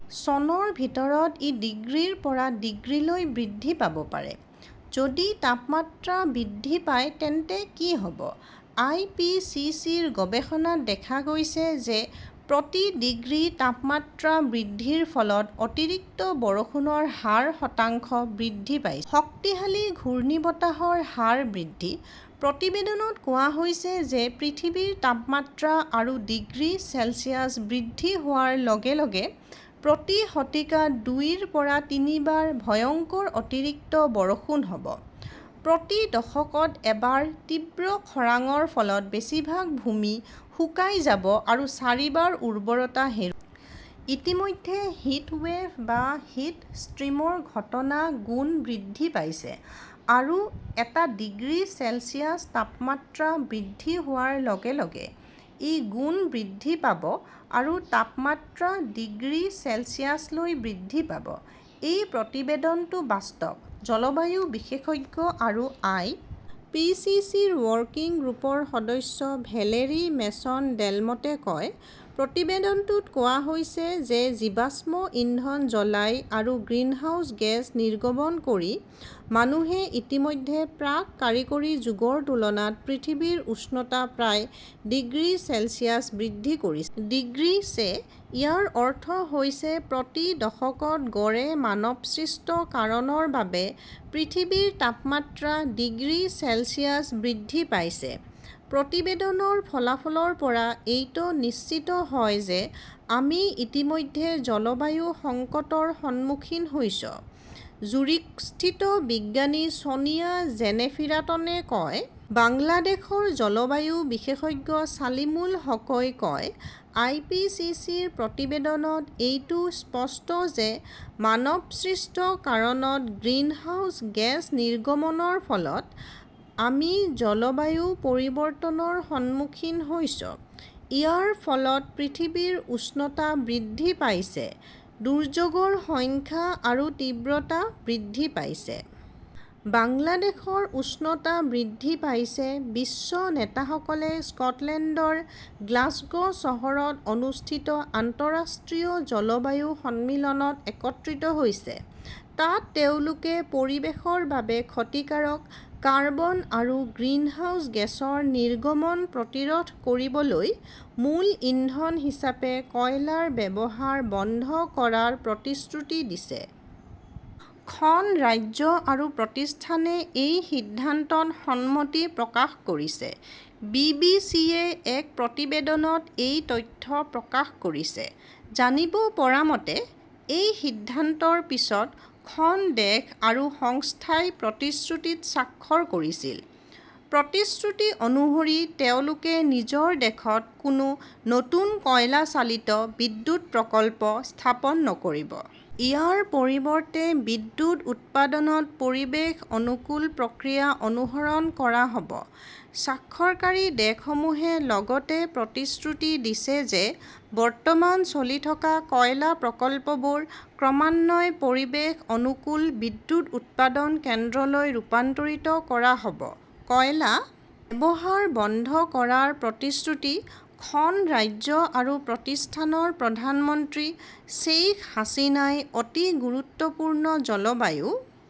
চনৰ ভিতৰত ই ডিগ্ৰীৰ পৰা ডিগ্ৰীলৈ বৃদ্ধি পাব পাৰে। যদি তাপমাত্ৰা বৃদ্ধি পায় তেন্তে কি হ "ব? আই. পি. চি. চি. -ৰ গৱেষণাত দেখা গৈছে যে প্ৰতি ডিগ্ৰী তাপমাত্ৰা বৃদ্ধিৰ ফলত অতিৰিক্ত বৰষুণৰ হাৰ শতাংশ বৃদ্ধি পাইছে। শক্তিশালী ঘূৰ্ণীবতাহৰ হাৰ বৃদ্ধি। প্ৰতিবেদনত কোৱা হৈছে যে পৃথিৱীৰ তাপমাত্ৰা আৰু ডিগ্ৰী চেলছিয়াছ বৃদ্ধি হোৱাৰ লগে লগে প্ৰতি শতিকাত দুইৰ পৰা তিনিবাৰ ভয়ংকৰ অতিৰিক্ত বৰষুণ হ "ব। প্ৰতি দশকত এবাৰ তীব্ৰ খৰাংৰ ফলত বেছিভাগ ভূমি শুকাই যাব আৰু চাৰিবাৰ উৰ্বৰতা হেৰুৱাব। ইতিমধ্যে হিট ৱেভ বা হিট ষ্ট্ৰীমৰ ঘটনা গুণ বৃদ্ধি পাইছে। আৰু এটা ডিগ্ৰী চেলছিয়াছ তাপমাত্ৰা বৃদ্ধি হোৱাৰ লগে লগে ই গুণ বৃদ্ধি পাব আৰু তাপমাত্ৰা ডিগ্ৰী চেলছিয়াছলৈ বৃদ্ধি পাব। "এই প্ৰতিবেদনটো বাস্তৱ", জলবায়ু বিশেষজ্ঞ আৰু আই. পি. চি. চি. -ৰ ৱৰ্কিং গ্ৰুপৰ সদস্য ভেলেৰী মেছন-ডেলমটে কয়। প্ৰতিবেদনত কোৱা হৈছে যে জীৱাশ্ম ইন্ধন জ্বলাই আৰু গ্ৰিনহাউজ গেছ নিৰ্গমন কৰি মানুহে ইতিমধ্যে প্ৰাক-কাৰিকৰী যুগৰ তুলনাত পৃথিৱীৰ উষ্ণতা প্ৰায় ডিগ্ৰী চেলছিয়াছ বৃদ্ধি কৰিছে। ডিগ্ৰী ছে।। ইয়াৰ অৰ্থ হৈছে প্ৰতি দশকত গড়ে মানৱসৃষ্ট কাৰণৰ বাবে পৃথিৱীৰ তাপমাত্ৰা ডিগ্ৰী চেলছিয়াছ বৃদ্ধি পাইছে। "প্ৰতিবেদনৰ ফলাফলৰ পৰা এইটো নিশ্চিত হয় যে আমি ইতিমধ্যে জলবায়ু সংকটৰ সন্মুখীন হৈছো", জুৰিকস্থিত বিজ্ঞানী ছোনিয়া জেনেফিৰাটনে কয়। বাংলাদেশৰ জলবায়ু বিশেষজ্ঞ চালিমুল হকই কয়, "আই. পি. চি. চি. -ৰ প্ৰতিবেদনত এইটো স্পষ্ট যে মানৱসৃষ্ট কাৰণত গ্ৰীণহাউছ গেছ নিৰ্গমনৰ ফলত আমি জলবায়ু পৰিৱৰ্তনৰ সন্মুখীন হৈছো। ইয়াৰ ফলত পৃথিৱীৰ উষ্ণতা বৃদ্ধি পাইছে। দুৰ্যোগৰ সংখ্যা আৰু তীব্ৰতা বৃদ্ধি পাইছে। "। বাংলাদেশৰ উষ্ণতা বৃদ্ধি পাইছে বিশ্ব নেতাসকলে স্কটলেণ্ডৰ গ্লাছগো চহৰত অনুষ্ঠিত আন্তঃৰাষ্ট্ৰীয় জলবায়ু সন্মিলনত একত্ৰিত হৈছে। তাত তেওঁলোকে পৰিৱেশৰ বাবে ক্ষতিকাৰক কাৰ্বন আৰু গ্ৰিনহাউজ গেছৰ নিৰ্গমন প্ৰতিৰোধ কৰিবলৈ মূল ইন্ধন হিচাপে কয়লাৰ ব্যৱহাৰ বন্ধ কৰাৰ প্ৰতিশ্ৰুতি দিছে। খন ৰাজ্য আৰু প্ৰতিষ্ঠানে এই সিদ্ধান্তত সন্মতি প্ৰকাশ কৰিছে। বি. বি. চি. -য়ে এক প্ৰতিবেদনত এই তথ্য প্ৰকাশ কৰিছে। জানিব পৰা মতে, এই সিদ্ধান্তৰ পিছত খন দেশ আৰু সংস্থাই প্ৰতিশ্ৰুতিত স্বাক্ষৰ কৰিছিল। প্ৰতিশ্ৰুতি অনুসৰি তেওঁলোকে নিজৰ দেশত কোনো নতুন কয়লা চালিত বিদ্যুৎ প্ৰকল্প স্থাপন নকৰিব। ইয়াৰ পৰিৱৰ্তে বিদ্যুৎ উৎপাদনত পৰিৱেশ অনুকূল প্ৰক্ৰিয়া অনুসৰণ কৰা হ "ব। স্বাক্ষৰকাৰী দেশসমূহে লগতে প্ৰতিশ্ৰুতি দিছে যে বৰ্তমান চলি থকা কয়লা প্ৰকল্পবোৰ ক্ৰমান্বয়ে পৰিৱেশ অনুকূল বিদ্যুৎ উৎপাদন কেন্দ্ৰলৈ ৰূপান্তৰিত কৰা হ 'ব। কয়লা ব্যৱহাৰ বন্ধ কৰাৰ প্ৰতিশ্ৰুতি খন ৰাজ্য আৰু প্ৰতিষ্ঠানৰ প্ৰধানমন্ত্ৰী শ্বেইখ হাছিনাই অতি গুৰুত্বপূৰ্ণ জলবায়ু